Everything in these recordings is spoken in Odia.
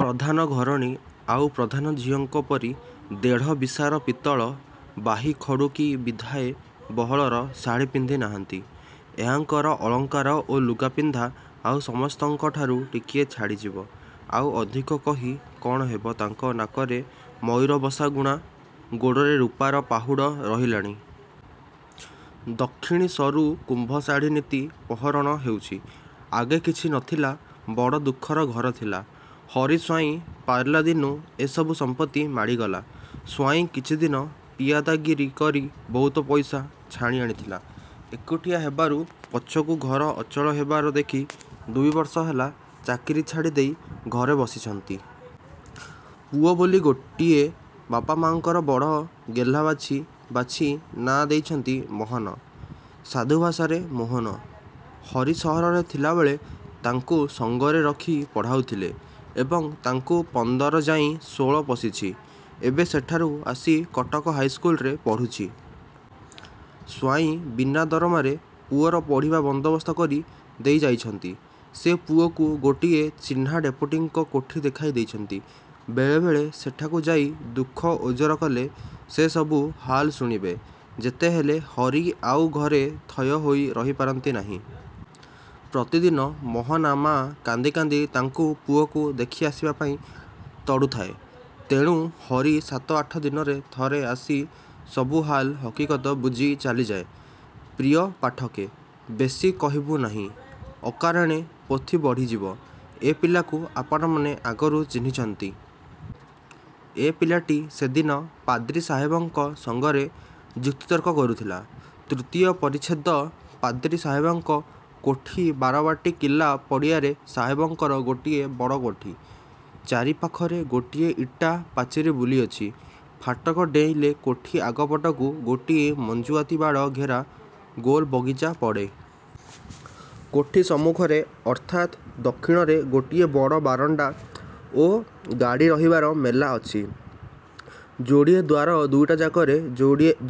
ପଧାନ ଘରଣୀ ଆଉ ଆଉ ପଧାନ ଝିଅଙ୍କ ପରି ଦେଢ଼ ବିଶାର ପିତଳ ବାହି ଖଡୁ କି ବିଧାଏ ବହଳର ଶାଢ଼ୀପିନ୍ଧି ନାହାନ୍ତି। ଏହାଙ୍କର ଅଳଙ୍କାର ଓ ଲୁଗାପିନ୍ଧା ଆଉ ସମସ୍ତଙ୍କଠାରୁ ଟିକିଏ ଛାଡ଼ିଯିବ। ଆଉ ଅଧିକ କହି କଣ ହେବ ତାଙ୍କ ନାକରେ ମୟୂରବସା ଗୁଣା, ଗୋଡ଼ରେ ରୁପାର ପାହୁଡ଼ ରହିଲାଣି। ଦକ୍ଷିଣୀ ସରୁ କୁମ୍ଭ ଶାଢ଼ୀ ନିତି ପହରଣ ହେଉଛି। ଆଗେ କିଛି ନଥିଲା ବଡ଼ ଦୁଃଖର ଘର ଥିଲା। ହରି ସ୍ୱାଇଁ ପାରିଲା ଦିନୁଁ ଏ ସବୁ ସମ୍ପତ୍ତି ମାଡ଼ିଗଲା। ସ୍ୱାଇଁ କିଛିଦିନ ପିଆଦାଗିରି କରି ବହୁତ ପଇସା ଛାଣିଆଣିଥିଲେ। ଏକୁଟିଆ ହେବାରୁ ପଛକୁ ଘର ଅଚଳ ହେବାର ଦେଖି ଦୁଇ ବର୍ଷ ହେଲା ଚାକିରି ଛାଡ଼ିଦେଇ ଘରେ ବସିଛନ୍ତି। ପୁଅ ବୋଲି ଗୋଟିଏ। ବାପ ମା'ଙ୍କର ବଡ଼ ଗେହ୍ଲା ବାଛି ବାଛି ନାଁ ଦେଇଛନ୍ତି 'ମହନ', ସାଧୁଭାଷାରେ ମୋହନ। ହରି ସହରରେ ଥିଲାବେଳେ ତାଙ୍କୁ ସଙ୍ଗରେ ରଖି ପଢ଼ାଉଥିଲେ। ଏବେ ତାଙ୍କୁ ପନ୍ଦର ଯାଇଁ ଷୋଳ ପଶିଛି। ଏବେ ସେଠାରୁ ଆସି କଟକ ହାଇ ସ୍କୁଲରେ ପଢ଼ୁଛି। ସ୍ୱାଇଁ ବିନା ଦରମାରେ ପୁଅର ପଢ଼ିବା ବନ୍ଦୋବସ୍ତ କରି ଦେଇ ଯାଇଛନ୍ତି। ସେ ପୁଅକୁ ଗୋଟିଏ ଚିହ୍ନା ଡେପୁଟୀଙ୍କ କୋଠି ଦେଖାଇ ଦେଇଛନ୍ତି। ବେଳେ ବେଳେ ସେଠାକୁ ଯାଇ ଦୁଃଖ ଓଜର କଲେ, ସେ ସବୁ ହାଲ ଶୁଣିବେ। ଯେତେହେଲେ ହରି ଆଉ ଘରେ ଥୟ ହୋଇ ରହି ପାରନ୍ତି ନାହିଁ। ପ୍ରତିଦିନ ମହନା ମା କାନ୍ଦି କାନ୍ଦି ତାଙ୍କୁ ପୁଅକୁ ଦେଖିଆସିବାପାଇଁ ତଡ଼ୁଥାଏ। ତେଣୁ ହରି ସାତ ଆଠ ଦିନରେ ଥରେ ଆସି ସବୁ ହାଲ ହକିକତ ବୁଝି ଚାଲିଯାଏ। ପ୍ରିୟ ପାଠକେ! ବେଶି କହିବୁଁ ନାହିଁ। ଅକାରଣେ ପୋଥି ବଢ଼ିଯିବ। ଏ ପିଲାକୁ ଆପଣମାନେ ଆଗରୁ ଚିହ୍ନିଛନ୍ତି। ଏହି ପିଲାଟି ସେଦିନ ପାଦ୍ରୀ ସାହେବଙ୍କ ସଙ୍ଗରେ ଯୁକ୍ତିତର୍କ କରୁଥିଲା। ତୃତୀୟ ପରିଚ୍ଛେଦ ପାଦ୍ରି ସାହେବଙ୍କ କୋଠି ବାରବାଟୀ କିଲ୍ଲା ପଡ଼ିଆରେ ସାହେବଙ୍କର ଗୋଟିଏ ବଡ଼ କୋଠି। ଚାରି ପାଖରେ ଗୋଟିଏ ଇଟା ପାଚିରି ବୁଲିଅଛି। ଫାଟକ ଡେଇଁଲେ କୋଠି ଆଗ ପଟକୁ ଗୋଟିଏ ମଞ୍ଜୁଆତି ବାଡ଼ ଘେରା ଗୋଲ ବଗିଚା ପଡ଼େ। କୋଠି ସମ୍ମୁଖରେ ଅର୍ଥାତ୍ ଦକ୍ଷିଣରେ ଗୋଟିଏ ବଡ଼ ବରଣ୍ତା ଓ ଗାଡ଼ୀ ରହିବାର ମେଲା ଅଛି। ଯୋଡ଼ିଏ ଦ୍ୱାର ଦୁଇଟାଯାକରେ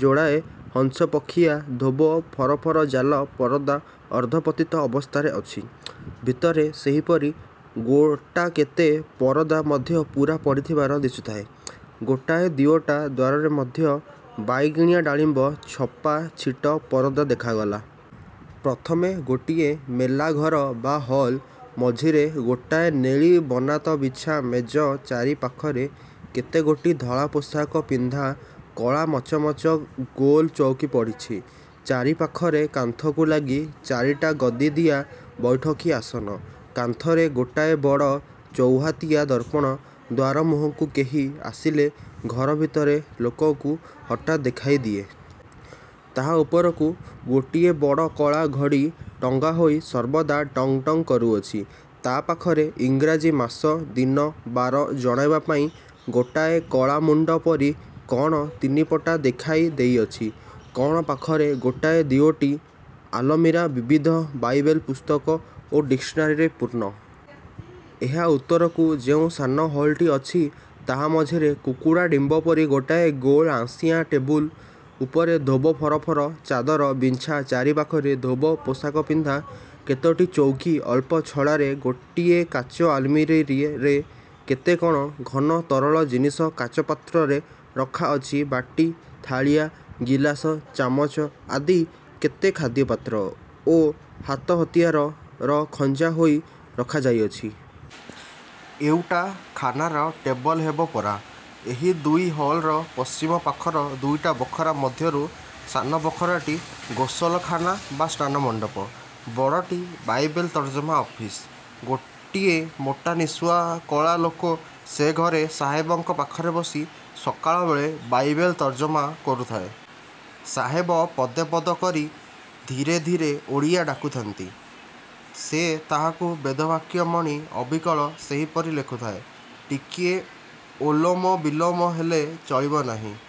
ଯୋଡ଼ାଏ ହଂସପକ୍ଷିଆ ଧୋବ ଫରଫର ଜାଲ ପରଦା ଅର୍ଦ୍ଧପତିତ ଅବସ୍ଥାରେ ଅଛି। ଭିତରେ ସେହିପରି ଗୋଟାକେତେ ପରଦା ମଧ୍ୟ ପୂରା ପଡ଼ିଥିବାର ଦିଶୁଥାଏ। ଗୋଟାଏ ଦିଓଟା ଦ୍ୱାରରେ ମଧ୍ୟ ବାଇଗିଣିଆ ଡାଳିମ୍ବ ଛପା ଛିଟ ପରଦା ଦେଖାଗଲା। ପ୍ରଥମେ ଗୋଟିଏ ମେଲା ଘର ବା ହଲ୍। ମଝିରେ ଗୋଟାଏ ନେଳି ବନାତ ବିଛା ମେଜ ଚାରିପାଖରେ କେତେଗୋଟି ଧଳାପୋଷାକ ପିନ୍ଧା କଳାମଚମଚ ଗୋଲ ଚଉକି ପଡ଼ିଛି। ଚାରିପାଖରେ କାନ୍ଥକୁ ଲାଗି ଚାରିଟା ଗଦିଦିଆ ବୈଠକୀ ଆସନ। କାନ୍ଥରେ ଗୋଟାଏ ବଡ଼ ଚୌହାତିଆ ଦର୍ପଣ ଦ୍ୱାରମୁହଁକୁ କେହି ଆସିଲେ ଘର ଭିତରେ ଲୋକକୁ ହଠାତ୍ ଦେଖାଇ ଦିଏ। ତାହା ଉପରକୁ ଗୋଟିଏ ବଡ଼ କଳା ଘଡ଼ି ଟଙ୍ଗା ହୋଇ ସର୍ବଦା ଟଙ୍ଗ୍ ଟଙ୍ଗ୍ କରୁଅଛି। ତା ପାଖରେ ଇଂରାଜୀ ମାସ, ଦିନ, ବାର ଜଣାଇବାପାଇଁ ଗୋଟାଏ କଳା ମୁଣ୍ତ ପରି କଣ ତିନିପଟା ଦେଖାଇ ଦେଇଅଛି! କଣ ପାଖରେ ଗୋଟିଏ ଦିଓଟି ଆଲମାରୀ ବିବିଧ ବାଇବେଲ୍ ପୁସ୍ତକ ଓ ଡିକ୍ସନାରୀରେ ପୂର୍ଣ୍ଣ। ଏହା ଉତ୍ତରକୁ ଯେଉଁ ସାନ ହଲଟି ଅଛି, ତାହା ମଝିରେ କୁକୁଡ଼ା ଡିମ୍ବ ପରି ଗୋଟିଏ ଗୋଲ ଆଁସିଆ ଟେବୁଲ। ଉପରେ ଧୋବ ଫରଫର ଚାଦର ବିଞ୍ଛା ଚାରିପାଖରେ ଧୋବ ପୋଷାକପିନ୍ଧା କେତୋଟି ଚୌକି ଅଳ୍ପ ଛଡ଼ାରେ ଗୋଟିଏ କାଚ ଆଲମାରୀରେ କେତେ କଣ ଘନ ତରଳ ଜିନିଷ କାଚପାତ୍ରରେ ରଖା ଅଛି ବାଟି, ଥାଳିଆ, ଗିଲାସ, ଚାମଚ ଆଦି କେତେ ଖାଦ୍ୟପାତ୍ର ଓ ହାତହତିଆର ଖଞ୍ଜା ହୋଇ ରଖା ଯାଇଅଛି। ଏଉଟା ଖାନାର ଟେବଲ ହେବ ପରା! ଏହି ଦୁଇ ହଲର ପଶ୍ଚିମ ପାଖର ଦୁଇଟା ବଖରା ମଧ୍ୟରୁ ସାନ ବଖରାଟି ଗୋସଲଖାନା ବା ସ୍ନାନମଣ୍ତପ। ବଡ଼ଟି ବାଇବେଲ୍ ତର୍ଜମା ଅଫିସ। ଗୋଟିଏ ମୋଟାନିଶୁଆ କଳା ଲୋକ ସେ ଘରେ ସାହେବଙ୍କ ପାଖରେ ବସି ସକାଳବେଳେ ବାଇବେଲ୍ ତର୍ଜମା କରୁଥାଏ। ସାହେବ ପଦ ପଦ କରି ଧୀରେ ଧୀରେ ଓଡ଼ିଆ ଡାକୁଥାନ୍ତି -ସେ ତାହାକୁ ବେଦବାକ୍ୟ ମଣି ଅବିକଳ ସେହିପରି ଲେଖୁଥାଏ। ଟିକିଏ ଓଲୋମ ବିଲୋମ ହେଲେ ଚଳିବ ନାହିଁ।